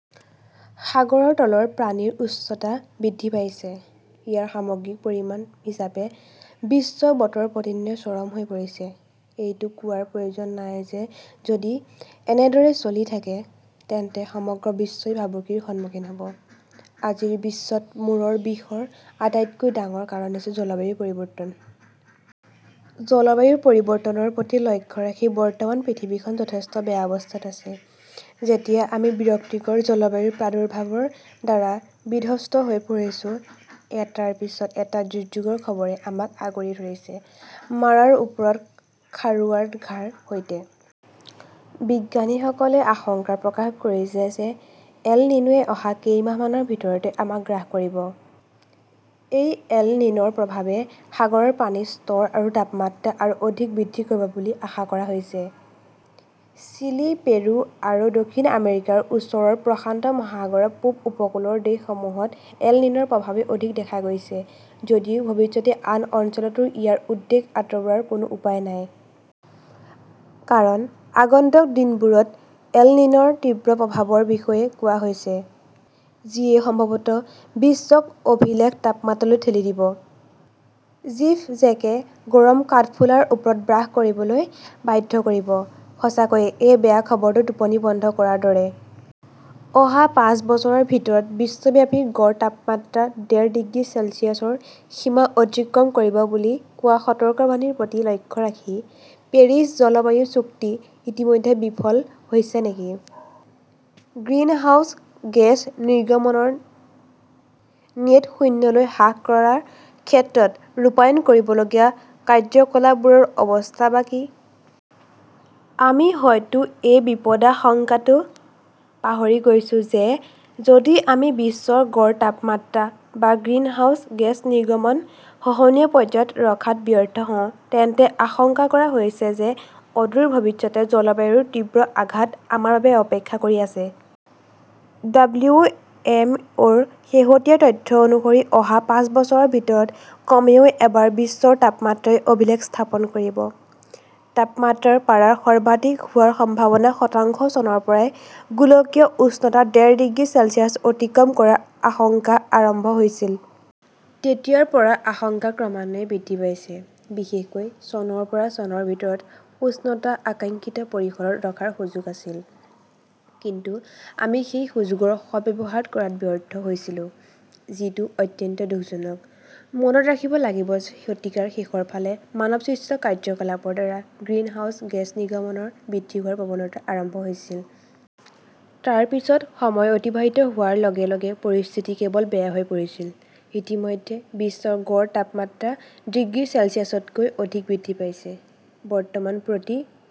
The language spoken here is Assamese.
সাগৰৰ তলৰ পানীৰ উচ্চতা বৃদ্ধি পাইছে। ইয়াৰ সামগ্ৰিক পৰিণাম হিচাপে, বিশ্বৰ বতৰ প্ৰতিদিনে 'চৰম "হৈ পৰিছে। এইটো কোৱাৰ প্ৰয়োজন নাই যে যদি এনেদৰে চলি থাকে তেন্তে সমগ্ৰ বিশ্বই ভাবুকিৰ সন্মুখীন হ 'ব। আজিৰ বিশ্বত মূৰৰ বিষৰ আটাইতকৈ ডাঙৰ কাৰণ হৈছে 'জলবায়ু পৰিৱৰ্তন "। জলবায়ু পৰিৱৰ্তনৰ প্ৰতি লক্ষ্য ৰাখি বৰ্তমান পৃথিৱীখন যথেষ্ট বেয়া অৱস্থাত আছে। যেতিয়া আমি বিৰক্তিকৰ জলবায়ুৰ প্ৰাদুৰ্ভাৱৰ দ্বাৰা বিধ্বস্ত হৈ পৰিছো, এটাৰ পিছত এটা দুৰ্যোগৰ খবৰে আমাক আগুৰি ধৰিছে, মাৰাৰ ওপৰত খাৰুৱাৰ ঘাঁৰ সৈতে! বিজ্ঞানীসকলে আশংকা প্ৰকাশ কৰিছে যে এল নিনোৱে অহা কেইমাহমানৰ ভিতৰতে আমাক গ্ৰাস কৰিব। এই এল নিন "ৰ প্ৰভাৱে সাগৰৰ পানীৰ স্তৰ আৰু তাপমাত্ৰা আৰু অধিক বৃদ্ধি কৰিব বুলি আশা কৰা হৈছে। চিলি, পেৰু আৰু দক্ষিণ আমেৰিকাৰ ওচৰৰ প্ৰশান্ত মহাসাগৰৰ পূব উপকূলৰ দেশসমূহত এল নিন "ৰ প্ৰভাৱ অধিক দেখা গৈছে যদিও ভৱিষ্যতে আন অঞ্চলতো ইয়াৰ উদ্বেগ আঁতৰোৱাৰ কোনো উপায় নাই! কাৰণ, আগন্তুক দিনবোৰত এল নিন "ৰ তীব্ৰ প্ৰভাৱৰ বিষয়ে কোৱা হৈছে, যিয়ে সম্ভৱতঃ বিশ্বক অভিলেখ তাপমাত্ৰালৈ ঠেলি দিব। জিভজেকে গৰম কাঠফুলাৰ ওপৰত বাস কৰিবলৈ বাধ্য কৰিব। সঁচাকৈয়ে, এই বেয়া খবৰটো টোপনি বন্ধ কৰাৰ দৰে! অহা পাঁচ বছৰৰ ভিতৰত বিশ্বব্যাপী গড় তাপমাত্ৰা ডেৰ ডিগ্ৰী চেলছিয়াছৰ সীমা অতিক্ৰম কৰিব বুলি কোৱা সতৰ্কবাণীৰ প্ৰতি লক্ষ্য ৰাখি, 'পেৰিছ জলবায়ু চুক্তি' ইতিমধ্যে বিফল হৈছে নেকি? গ্ৰীণহাউছ গেছ নিৰ্গমন নেট শূন্যলৈ হ্ৰাস কৰাৰ ক্ষেত্ৰত ৰূপায়ণ কৰিবলগীয়া কাৰ্যকলাপবোৰৰ অৱস্থা-বা কি? আমি হয়তো এই বিপদাশংকাটো পাহৰি গৈছো যে যদি আমি বিশ্বৰ গড় তাপমাত্ৰা বা গ্ৰিনহাউজ গেছ নিৰ্গমন সহনশীল পৰ্যায়ত ৰখাত ব্যৰ্থ হওঁ, তেন্তে আশংকা কৰা হৈছে যে অদূৰ ভৱিষ্যতে 'জলবায়ুৰ তীব্ৰ আঘাত "আমাৰ বাবে অপেক্ষা কৰি আছে। ডব্লিউ. এম. অ '. -ৰ শেহতীয়া তথ্য অনুসৰি অহা পাঁচ বছৰৰ ভিতৰত কমেও এবাৰ বিশ্বৰ তাপমাত্ৰাই' অভিলেখ "স্থাপন কৰিব! তাপমাত্ৰাৰ পাৰা সৰ্বাধিক হোৱাৰ সম্ভাৱনা শতাংশ! চনৰ পৰাই গোলকীয় উষ্ণতা ডেৰ ডিগ্ৰী চেলছিয়াছ অতিক্ৰম কৰাৰ আশংকা আৰম্ভ হৈছিল। তেতিয়াৰ পৰা আশংকা ক্ৰমান্বয়ে বৃদ্ধি পাইছে। বিশেষকৈ চনৰ পৰা চনৰ ভিতৰত উষ্ণতা আকাংক্ষিত পৰিসৰত ৰখাৰ সুযোগ আছিল, কিন্তু আমি সেই সুযোগৰ সদ্ব্যৱহাৰ কৰাত ব্যৰ্থ হৈছিলো, যিটো অত্যন্ত দুখজনক। মনত ৰাখিব লাগিব যে শতিকাৰ শেষৰ ফালে মানৱসৃষ্ট কাৰ্যকলাপৰ দ্বাৰা গ্ৰীণহাউছ গেছ নিৰ্গমন বৃদ্ধি হোৱাৰ প্ৰৱণতা আৰম্ভ হৈছিল। তাৰ পিছত সময় অতিবাহিত হোৱাৰ লগে লগে পৰিস্থিতি কেৱল বেয়া হৈ পৰিছিল। ইতিমধ্যে বিশ্বৰ গড় তাপমাত্ৰা ডিগ্ৰী চেলছিয়াছতকৈ অধিক বৃদ্ধি পাইছে। বৰ্তমান প্ৰতি